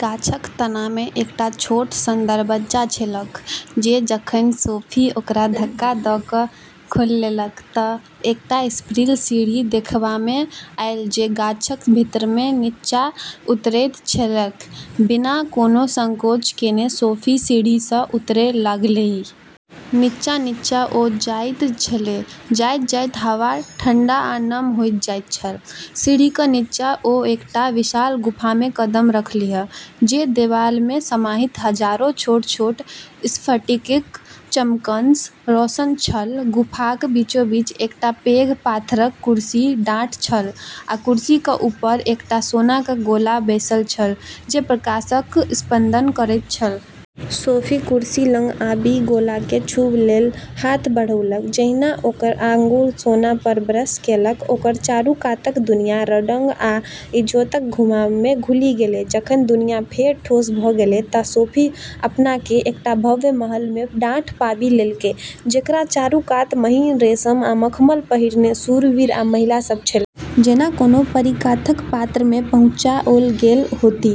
गाछक तनामे एकटा छोट सन दरबज्जा छलैक जे जखन सोफी ओकरा धक्का द' क' खोललकै त' एकटा सर्पिल सीढ़ी देखबामे आयल जे गाछक भीतरमे निच्चा उतरैत छलैक। बिना कोनो संकोच केने सोफी सीढ़ीसँ उतरै लगलीह। निच्चाँ - निच्चाँ ओ जाइत छलीह, जाइत-जाइत हवा ठंढा आ नम होइत जाइत छल। सीढ़ीक निच्चाँ ओ एकटा विशाल गुफामे कदम रखलीह, जे देबालमे समाहित हजारों छोट-छोट स्फटिकक चमकसँ रोशन छल। गुफाक बीचोबीच एकटा पैघ पाथरक कुरसी ठाढ़ छल, आ कुरसीक ऊपर एकटा सोनाक गोला बैसल छल, जे प्रकाशसँ स्पंदन करैत छल। सोफी कुरसी लग आबि गोलाकेँ छूबऽ लेल हाथ बढ़ौलक। जहिना ओकर आँगुर सोना पर ब्रश केलक, ओकर चारूकातक दुनिया रङ्ग आ इजोतक घुमावमे घुलि गेलै। जखन दुनिया फेर ठोस भ' गेलै त' सोफी अपनाके एकटा भव्य महलमे ठाढ़ पाबि लेलकै, जेकरा चारू कात महीन रेशम आ मखमल पहिरने शूरवीर आ महिला सब छल। जेना कोनो परीकथाक पन्नामे पहुँचाओल गेल होथि!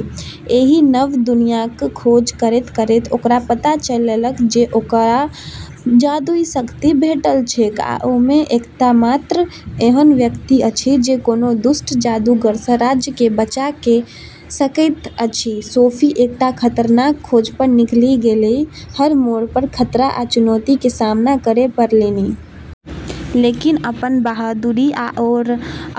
एहि नव दुनियाँक खोज करैत-करैत ओकरा पता चललैक जे ओकरा जादुई शक्ति भेटल छैक आ ओ एकमात्र एहन व्यक्ति अछि जे कोनो दुष्ट जादूगरसँ राज्यकेँ बचा सकैत अछि सोफी एकटा खतरनाक खोज पर निकलि गेलीह, हर मोड़ पर खतरा आ चुनौतीके सामना करै पड़लनि। लेकिन, अपन बहादुरी आओर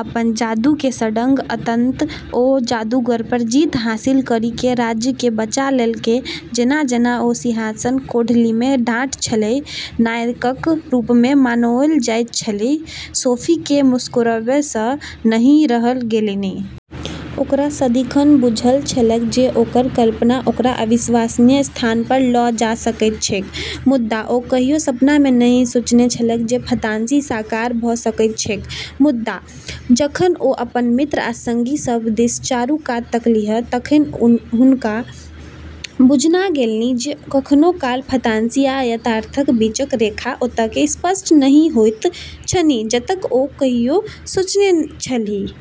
अपन जादूके सङ्ग, अंततः ओ जादूगर पर जीत हासिल करिके राज्यके बचा लेलकै। जेना-जेना ओ सिंहासन कोठलीमे ठाढ़ छलीह, नायकक रूपमे मनाओल जाइत छलीह, सोफीकेँ मुस्कुराएबसँ नहि रहल गेलनि। ओकरा सदिखन बूझल छलैक जे ओकर कल्पना ओकरा अविश्वसनीय स्थान पर ल' जा सकैत छैक, मुदा ओ कहियो सपनामे नहि सोचने छलैक जे फंतासी साकार भ' सकैत छैक। मुदा, जखन ओ अपन मित्र आ संगी सभ दिस चारू कात तकलीह, तखन हुनका बुझना गेलनि जे कखनो काल फंतासी आ यथार्थक बीचक रेखा ओतेक स्पष्ट नहि होइत छनि जतेक ओ कहियो सोचने छलीह।